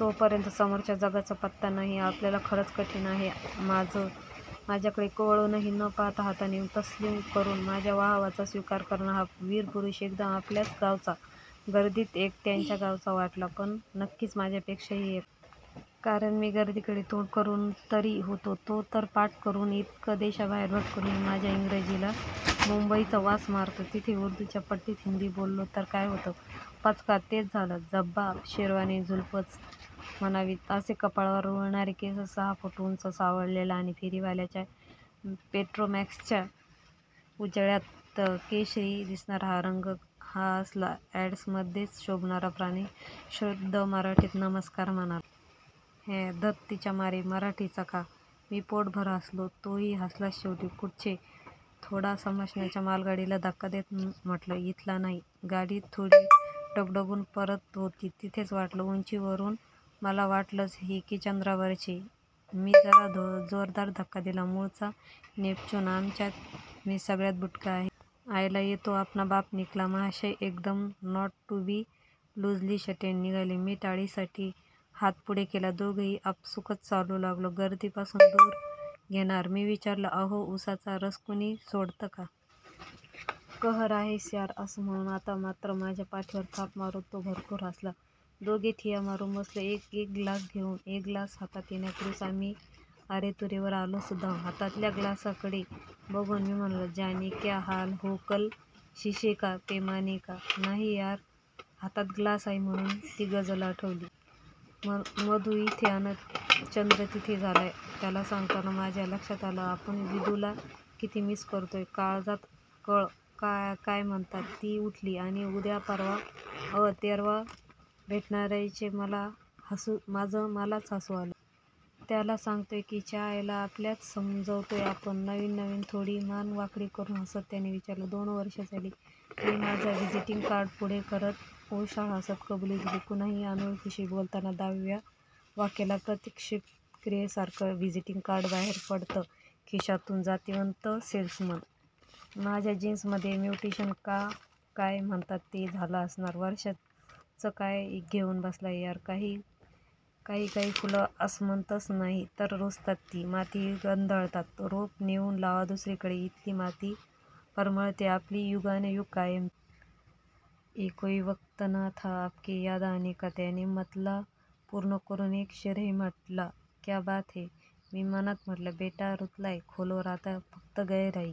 तोपर्यंत समोरच्या जगाचा पत्ता नाही आपल्याला. खरच कठीण आहे माझं. माझ्याकडे वळुनही न पहाता हाताने तस्लीम करून माझ्या वाहवाचा स्वीकार करणारा हा वीर पुरुष एकदम आपल्याच गावचा, 'गर्दीत एकट्यांच्या गावचा' वाटला. पण नक्कीच माझ्यापेक्षाही एकटा. कारण मी गर्दीकडे तोंड करूनतरी होतो, तो तर पाठ करून. इतकं देशाबाहेर भटकूनही माझ्या इंग्रजीला मुंबईचा वास मारतो तिथे उर्दूच्या पट्टीत हिंदी बोललो तर काय होतं? पचका! तेच झालं. झब्बा, शेरवानी, जुल्फंच म्हणावीत असे कपाळावर रुळणारे केस, सहा फूट उंच, सावळलेला आणि फेरीवाल्याच्या पेट्रोमॅक्सच्या उजेडात केशरी दिसणारा रंग हा असला अॅड्समध्येच शोभणारा प्राणी शुद्ध मराठीत, 'नमस्कार,' म्हणाला. "हॅ! धत तिच्या मारी, मराठीच का!! " मी पोटभर हसलो. तो ही हसलाच शेवटी. "कुठचे? " थोडा संभाषणाच्या मालगाडीला धक्का देत म्हटलं. "इथला नाही. " गाडी थोडी डगडगून परत होती तिथेच. "वाटलंच! उंची वरून मला वाटलंच, की चंद्रावरचे " मी जरा जोरदार धक्का दिला "मुळचा नेपच्यून, आमच्यात मी सगळ्यात बुटका आहे. " आयला ये तो अपना बाप निकला. महाशय एकदम 'not to be loosely shunted' निघाले. मी टाळीसाठी हात पुढे केला. दोघेही आपसूकच चालू लागलो, गर्दी पासून दूर. "घेणार? " मी विचारलं. "अहो, उसाचा रस कुणी सोडतं का? " "कहर आहेस, यार" अस म्हणून आता मात्रं माझ्या पाठीवर थाप मारून तो भरपूर हसला. दोघे ठिय्या मारून बसलो एक एक ग्लास घेऊन. ग्लास हातात येण्यापूर्वीच आम्ही अरे-तुरेवर आलोसुद्धा. हातातल्या ग्लासाकडे बघून मी म्हणालो "जाने क्या हाल हो कल शीशेका, पैमानेका, " "नाही यार, हातात ग्लास आहे म्हणून ती गझल आठवली. मधू इथे अन, चंद्र तिथे झालंय. " त्याला सांगताना माझ्याच लक्षात आलं आपण विदूला किती मिस करतोय. काळजात कळ का काय म्हणतात ती उठली. "आणि उद्या, परवा, अं. तेरवा भेटणारचये". माझं मलाच हसू आलं. त्याला सांगतोय की च्यायला आपल्यालाच समजावतोय आपण? "नवीन नवीन? " थोडी मान वाकडी करून हसत त्याने विचारलं. "दोन वर्ष झाली, " मी माझं व्हिजिटिंग कार्ड पुढे करत, ओशाळं हसंत कबुली दिली. कुणाही अनोळखीशी बोलताना दहाव्या वाक्याला प्रतिक्षिप्त क्रियेसारखं व्हिजिटिंग कार्ड बाहेर पडतं खिशातून जातिवंत सेल्समन! माझ्या जीन्स मध्येच म्युटेशन का काय म्हणतात ते झालं असणार. "वर्षांचं काय घेऊन बसलास यार, काही काही फुलं आसमंतच नाही तर रुजतात ती मातीही गंधाळतात. रोप नेऊन लावा दुसरीकडे, इथली माती परमळतेय आपली युगंनयुगं कायमची. " ये कोई वक्त न था आपके याद आने का" त्याने मतला पूर्ण करून एक शेरही म्हटला. "क्या बात है" मी मनात म्हटलं. "बेटा रुतलाय खोलवर आता फक्त गहराई--